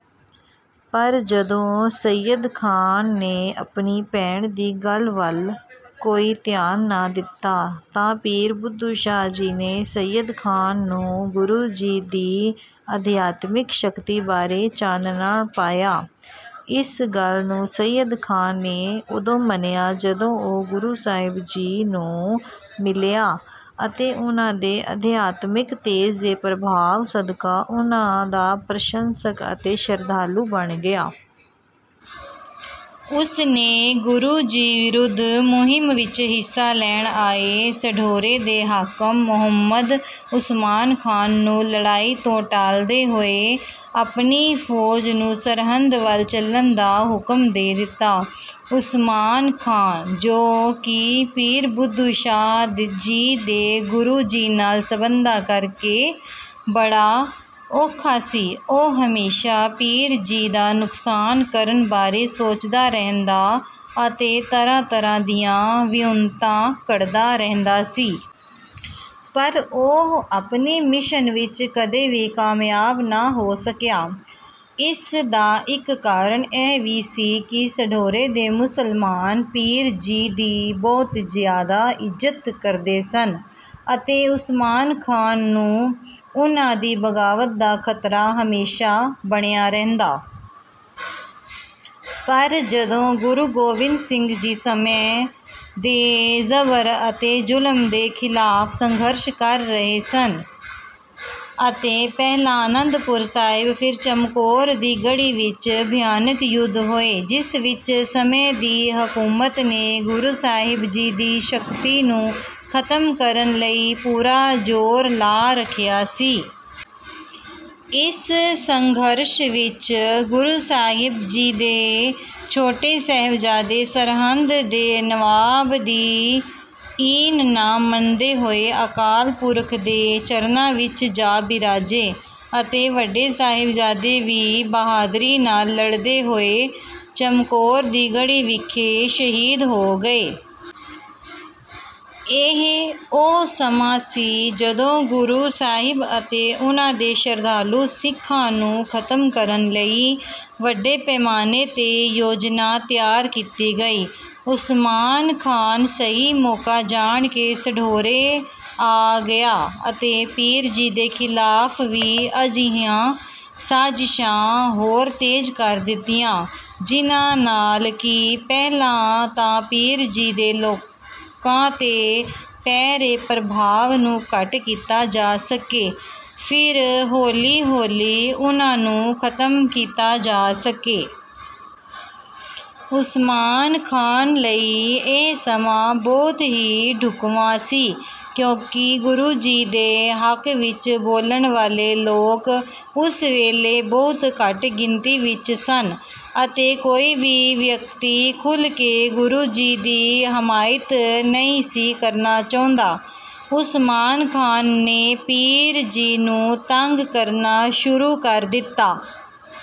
ਪਰ ਜਦੋਂ ਸੱਯਦ ਖਾਂ ਨੇ ਆਪਣੀ ਭੈਣ ਦੀ ਗੱਲ ਵੱਲ ਕੋਈ ਧਿਆਨ ਨਾ ਦਿੱਤਾ ਤਾਂ ਪੀਰ ਬੁੱਧੂ ਸ਼ਾਹ ਜੀ ਨੇ ਸੱਯਦ ਖਾਂ ਨੂੰ ਗੁਰੂ ਜੀ ਦੀ ਅਧਿਆਤਮਿਕ ਸ਼ਕਤੀ ਬਾਰੇ ਚਾਨਣਾ ਪਾਇਆ। ਇਸ ਗੱਲ ਨੂੰ ਸੱਯਦ ਖਾਂ ਨੇ ਉਦੋਂ ਮੰਨਿਆ ਜਦੋਂ ਉਹ ਗੁਰੂ ਸਾਹਿਬ ਜੀ ਨੂੰ ਮਿਲਿਆ ਅਤੇ ਉਨ੍ਹਾਂ ਦੇ ਅਧਿਆਤਮਿਕ ਤੇਜ ਦੇ ਪ੍ਰਭਾਵ ਸਦਕਾ, ਉਨ੍ਹਾਂ ਦਾ ਪ੍ਰਸ਼ੰਸਕ ਅਤੇ ਸ਼ਰਧਾਲੂ ਬਣ ਗਿਆ। ਉਸ ਨੇ ਗੁਰੂ ਜੀ ਵਿਰੁੱਧ ਮੁਹਿੰਮ ਵਿੱਚ ਹਿੱਸਾ ਲੈਣ ਆਏ ਸਢੌਰੇ ਦੇ ਹਾਕਮ ਮੁਹੰਮਦ ਉਸਮਾਨ ਖਾਂ ਨੂੰ ਲੜਾਈ ਤੋਂ ਟਾਲਦੇ ਹੋਏ ਆਪਣੀ ਫੌਜ ਨੂੰ ਸਰਹਿੰਦ ਵੱਲ ਚੱਲਣ ਦਾ ਹੁਕਮ ਦੇ ਦਿੱਤਾ। ਉਸਮਾਨ ਖਾਂ, ਜੋ ਕਿ ਪੀਰ ਬੁੱਧੂ ਸ਼ਾਹ ਜੀ ਦੇ ਗੁਰੂ ਜੀ ਨਾਲ ਸੰਬੰਧਾਂ ਕਰਕੇ ਬੜਾ ਔਖਾ ਸੀ, ਉਹ ਹਮੇਸ਼ਾ ਪੀਰ ਜੀ ਦਾ ਨੁਕਸਾਨ ਕਰਨ ਬਾਰੇ ਸੋਚਦਾ ਰਹਿੰਦਾ ਅਤੇ ਤਰ੍ਹਾਂ-ਤਰ੍ਹਾਂ ਦੀਆਂ ਵਿਉਂਤਾਂ ਘੜਦਾ ਰਹਿੰਦਾ ਸੀ। ਪਰ ਉਹ ਆਪਣੇ ਮਿਸ਼ਨ ਵਿੱਚ ਕਦੇ ਵੀ ਕਾਮਯਾਬ ਨਾ ਹੋ ਸਕਿਆ। ਇਸ ਦਾ ਇੱਕ ਕਾਰਨ ਇਹ ਵੀ ਸੀ ਕਿ ਸਢੌਰੇ ਦੇ ਮੁਸਲਮਾਨ ਪੀਰ ਜੀ ਦੀ ਬਹੁਤ ਜ਼ਿਆਦਾ ਇੱਜ਼ਤ ਕਰਦੇ ਸਨ ਅਤੇ ਉਸਮਾਨ ਖਾਂ ਨੂੰ ਉਨ੍ਹਾਂ ਦੀ ਬਗ਼ਾਵਤ ਦਾ ਖ਼ਤਰਾ ਹਮੇਸ਼ਾ ਬਣਿਆ ਰਹਿੰਦਾ। ਪਰ ਜਦੋਂ ਗੁਰੂ ਗੋਬਿੰਦ ਸਿੰਘ ਜੀ ਸਮੇਂ ਦੇ ਜਬਰ ਅਤੇ ਜ਼ੁਲਮ ਦੇ ਖਿਲਾਫ਼ ਸੰਘਰਸ਼ ਕਰ ਰਹੇ ਸਨ ਅਤੇ ਪਹਿਲਾਂ ਆਨੰਦਪੁਰ ਸਾਹਿਬ ਫਿਰ ਚਮਕੌਰ ਦੀ ਗੜ੍ਹੀ ਵਿੱਚ ਭਿਆਨਕ ਯੁੱਧ ਹੋਏ, ਜਿਸ ਵਿੱਚ ਸਮੇਂ ਦੀ ਹਕੂਮਤ ਨੇ ਗੁਰੂ ਸਾਹਿਬ ਜੀ ਦੀ ਸ਼ਕਤੀ ਨੂੰ ਖਤਮ ਕਰਨ ਲਈ ਪੂਰਾ ਜ਼ੋਰ ਲਾ ਰੱਖਿਆ ਸੀ। ਇਸ ਸੰਘਰਸ਼ ਵਿੱਚ ਗੁਰੂ ਸਾਹਿਬ ਜੀ ਦੇ ਛੋਟੇ ਸਾਹਿਬਜ਼ਾਦੇ ਸਰਹਿੰਦ ਦੇ ਨਵਾਬ ਦੀ ਈਨ ਨਾ ਮੰਨਦੇ ਹੋਏ ਅਕਾਲ ਪੁਰਖ ਦੇ ਚਰਨਾਂ ਵਿੱਚ ਜਾ ਬਿਰਾਜੇ ਅਤੇ ਵੱਡੇ ਸਾਹਿਬਜ਼ਾਦੇ ਵੀ ਬਹਾਦਰੀ ਨਾਲ ਲੜਦੇ ਹੋਏ ਚਮਕੌਰ ਦੀ ਗੜ੍ਹੀ ਵਿਖੇ ਸ਼ਹੀਦ ਹੋ ਗਏ। ਇਹ ਉਹ ਸਮਾਂ ਸੀ, ਜਦੋਂ ਗੁਰੂ ਸਾਹਿਬ ਅਤੇ ਉਨ੍ਹਾਂ ਦੇ ਸ਼ਰਧਾਲੂ ਸਿੱਖਾਂ ਨੂੰ ਖਤਮ ਕਰਨ ਲਈ ਵੱਡੇ ਪੈਮਾਨੇ ਤੇ ਯੋਜਨਾ ਤਿਆਰ ਕੀਤੀ ਗਈ। ਉਸਮਾਨ ਖਾਂ ਸਹੀ ਮੌਕਾ ਜਾਣ ਕੇ ਸਢੌਰੇ ਆ ਗਿਆ ਅਤੇ ਪੀਰ ਜੀ ਦੇ ਖਿਲਾਫ਼ ਵੀ ਅਜਿਹੀਆਂ ਸਾਜ਼ਿਸ਼ਾਂ ਹੋਰ ਤੇਜ਼ ਕਰ ਦਿੱਤੀਆਂ, ਜਿਨ੍ਹਾਂ ਨਾਲ ਕਿ ਪਹਿਲਾਂ ਤਾਂ ਪੀਰ ਜੀ ਦੇ ਲੋਕਾਂ ਤੇ ਪੈ ਰਹੇ ਪ੍ਰਭਾਵ ਨੂੰ ਘੱਟ ਕੀਤਾ ਜਾ ਸਕੇ ਫਿਰ ਹੌਲੀ-ਹੌਲੀ ਉਨ੍ਹਾਂ ਨੂੰ ਖਤਮ ਕੀਤਾ ਜਾ ਸਕੇ। ਉਸਮਾਨ ਖਾਂ ਲਈ ਇਹ ਸਮਾਂ ਬਹੁਤ ਹੀ ਢੁਕਵਾਂ ਸੀ, ਕਿਉਂਕਿ ਗੁਰੂ ਜੀ ਦੇ ਹੱਕ ਵਿੱਚ ਬੋਲਣ ਵਾਲੇ ਲੋਕ ਉਸ ਵੇਲੇ ਬਹੁਤ ਘੱਟ ਗਿਣਤੀ ਵਿੱਚ ਸਨ ਅਤੇ ਕੋਈ ਵੀ ਵਿਅਕਤੀ ਖੁੱਲ੍ਹ ਕੇ ਗੁਰੂ ਜੀ ਦੀ ਹਮਾਇਤ ਨਹੀਂ ਸੀ ਕਰਨਾ ਚਾਹੁੰਦਾ। ਉਸਮਾਨ ਖਾਂ ਨੇ ਪੀਰ ਜੀ ਨੂੰ ਤੰਗ ਕਰਨਾ ਸ਼ੁਰੂ